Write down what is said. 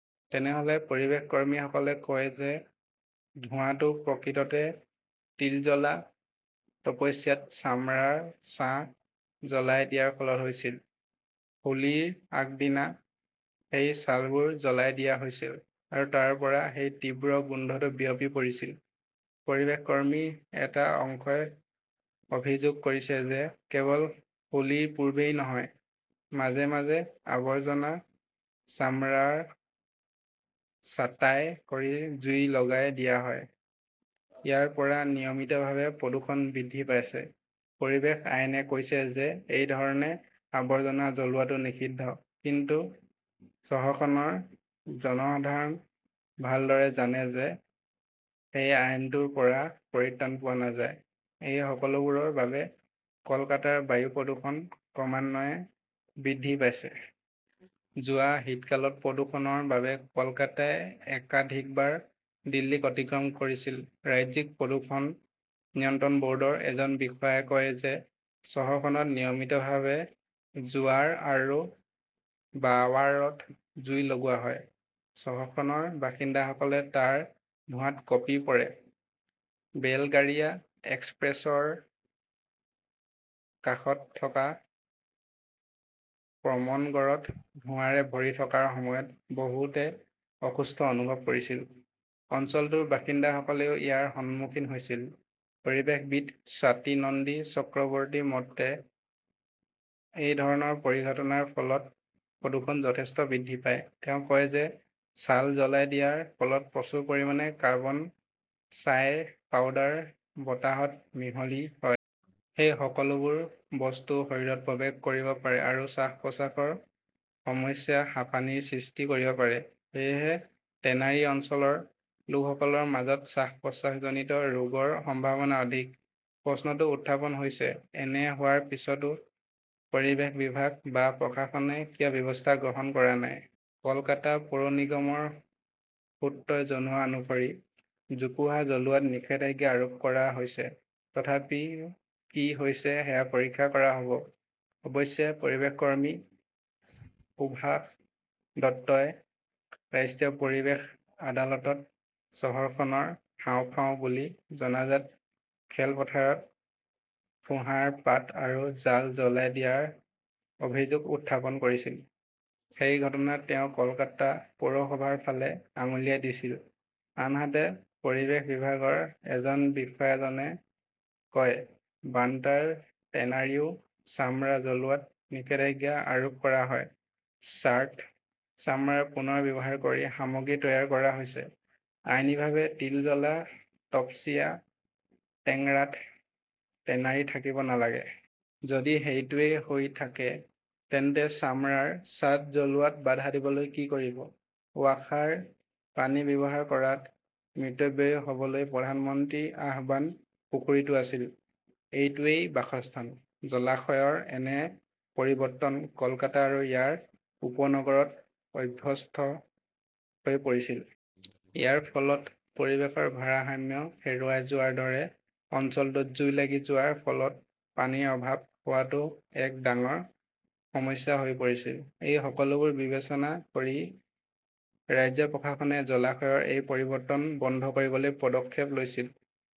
তেনেহলে? পৰিৱেশকৰ্মীসকলে কয় যে, ধোঁৱাটো প্ৰকৃততে তিলজলা, তপস্যাত চামৰাৰ ছাঁ জ্বলাই দিয়াৰ ফলত হৈছিল। হোলীৰ আগদিনা সেই ছালবোৰ জ্বলাই দিয়া হৈছিল আৰু তাৰ পৰাই সেই তীব্ৰ গোন্ধটো বিয়পি পৰিছিল। পৰিৱেশকৰ্মীৰ এটা অংশই অভিযোগ কৰিছে যে, কেৱল হোলীৰ পূৰ্বেই নহয়, মাজে মাজে আৱৰ্জনা চামৰা ছাঁটাই কৰি জুই লগাই দিয়া হয়। ইয়াৰ পৰা নিয়মিতভাৱে প্ৰদূষণ বৃদ্ধি পাইছে। পৰিৱেশ আইনে কৈছে যে, এই ধৰণে আৱৰ্জনা জ্বলোৱাটো নিষিদ্ধ। কিন্তু চহৰখনৰ জনসাধাৰণ ভালদৰে জানে যে, সেই আইনটোৰ পৰা পৰিত্ৰাণ পোৱা নাযায়। এই সকলোবোৰৰ বাবে কলকাতাৰ বায়ু প্ৰদূষণ ক্ৰমান্বয়ে বৃদ্ধি পাইছে। যোৱা শীতকালত প্ৰদূষণৰ বাবে কলকাতাই একাধিকবাৰ দিল্লীক অতিক্ৰম কৰিছিল। ৰাজ্যিক প্ৰদূষণ নিয়ন্ত্ৰণ বৰ্ডৰ এজন বিষয়াই কয় যে, চহৰখনত নিয়মিতভাৱে জোৱাৰ আৰু বাৱাৰত জুই জ্বলোৱা হয়। চহৰখনৰ বাসিন্দাসকলে তাৰ ধোঁৱাত কঁপি পৰে। বেলগাৰিয়া এক্সপ্ৰেছৱেৰ কাষত থকা প্ৰমনগৰত ধোঁৱাৰে ভৰি থকাৰ সময়ত বহুতে অসুস্থ অনুভৱ কৰিছিল। অঞ্চলটোৰ বাসিন্দাসকলেও ইয়াৰ সন্মুখীন হৈছিল। পৰিৱেশবিদ স্বাতী নন্দী চক্ৰৱৰ্তীৰ মতে, এই ধৰণৰ পৰিঘটনাৰ ফলত প্ৰদূষণ যথেষ্ট বৃদ্ধি পায়। তেওঁ কয় যে, ছাল জ্বলাই দিয়াৰ ফলত প্ৰচুৰ পৰিমাণে কাৰ্বন, ছাইৰ পাউডাৰ বতাহত মিহলি হয়। সেই সকলোবোৰ বস্তু শৰীৰত প্ৰৱেশ কৰিব পাৰে আৰু শ্বাস-প্ৰশ্বাসৰ সমস্যা, হাঁপানিৰ সৃষ্টি কৰিব পাৰে। সেয়েহে টেনাৰী অঞ্চলৰ লোকসকলৰ মাজত শ্বাস-প্ৰশ্বাসজনিত ৰোগৰ সম্ভাৱনা অধিক। প্ৰশ্নটো উত্থাপন হৈছে, এনে হোৱাৰ পিছতো পৰিৱেশ বিভাগ বা প্ৰশাসনে কিয় ব্যৱস্থা গ্ৰহণ কৰা নাই? কলকাতা পৌৰ নিগমৰ সূত্ৰই জনোৱা অনুসৰি, জোপোহা জ্বলোৱাত নিষেধাজ্ঞা আৰোপ কৰা হৈছে। তথাপিও কি হৈছে সেয়া পৰীক্ষা কৰা হব। অৱশ্যে পৰিৱেশকৰ্মী সুভাষ দত্তই ৰাষ্ট্ৰীয় পৰিৱেশ আদালতত চহৰখনৰ হাঁওফাঁও বুলি জনাজাত খেলপথাৰত ফোঁহাৰ পাত আৰু জাল জ্বলাই দিয়াৰ অভিযোগ উত্থাপন কৰিছিল। সেই ঘটনাত তেওঁ কলকাতা পৌৰসভাৰ ফালে আঙুলিয়াই দিছিল। আনহাতে, পৰিৱেশ বিভাগৰ এজন বিষয়াজনে কয়, "বান্টাৰ টেনাৰীও চামৰা জ্বলোৱাত নিষেধাজ্ঞা আৰোপ কৰা হয়। ছাৰ্ট চামৰা পুনৰ ব্যৱহাৰ কৰি সামগ্ৰী তৈয়াৰ কৰা হৈছে। আইনীভাৱে তিলজলা, তপসিয়া, টেংৰাত টেনাৰী থাকিব নালাগে। যদি সেইটোৱেই হৈ থাকে, তেন্তে চামৰাৰ ছাদ জ্বলোৱাত বাধা দিবলৈ কি কৰিব?"। ৱাসাৰ পানী ব্যৱহাৰ কৰাত মিতব্যয়ী হবলৈ প্ৰধানমন্ত্ৰীৰ আহ্বান পুখুৰীটো আছিল। এইটোৱেই বাসস্থান। জলাশয়ৰ এনে পৰিৱৰ্তন কলকাতা আৰু ইয়াৰ উপনগৰত অভ্যস্ত হৈ পৰিছিল। ইয়াৰ ফলত পৰিৱেশৰ ভাৰসাম্য হেৰুৱাই যোৱাৰ দৰে অঞ্চলটোত জুই লাগি যোৱাৰ ফলত পানীৰ অভাৱ হোৱাটোও এক ডাঙৰ সমস্যা হৈ পৰিছিল। এই সকলোবোৰ বিবেচনা কৰি, ৰাজ্য প্ৰশাসনে জলাশয়ৰ এই পৰিৱৰ্তন বন্ধ কৰিবলৈ পদক্ষেপ লৈছিল।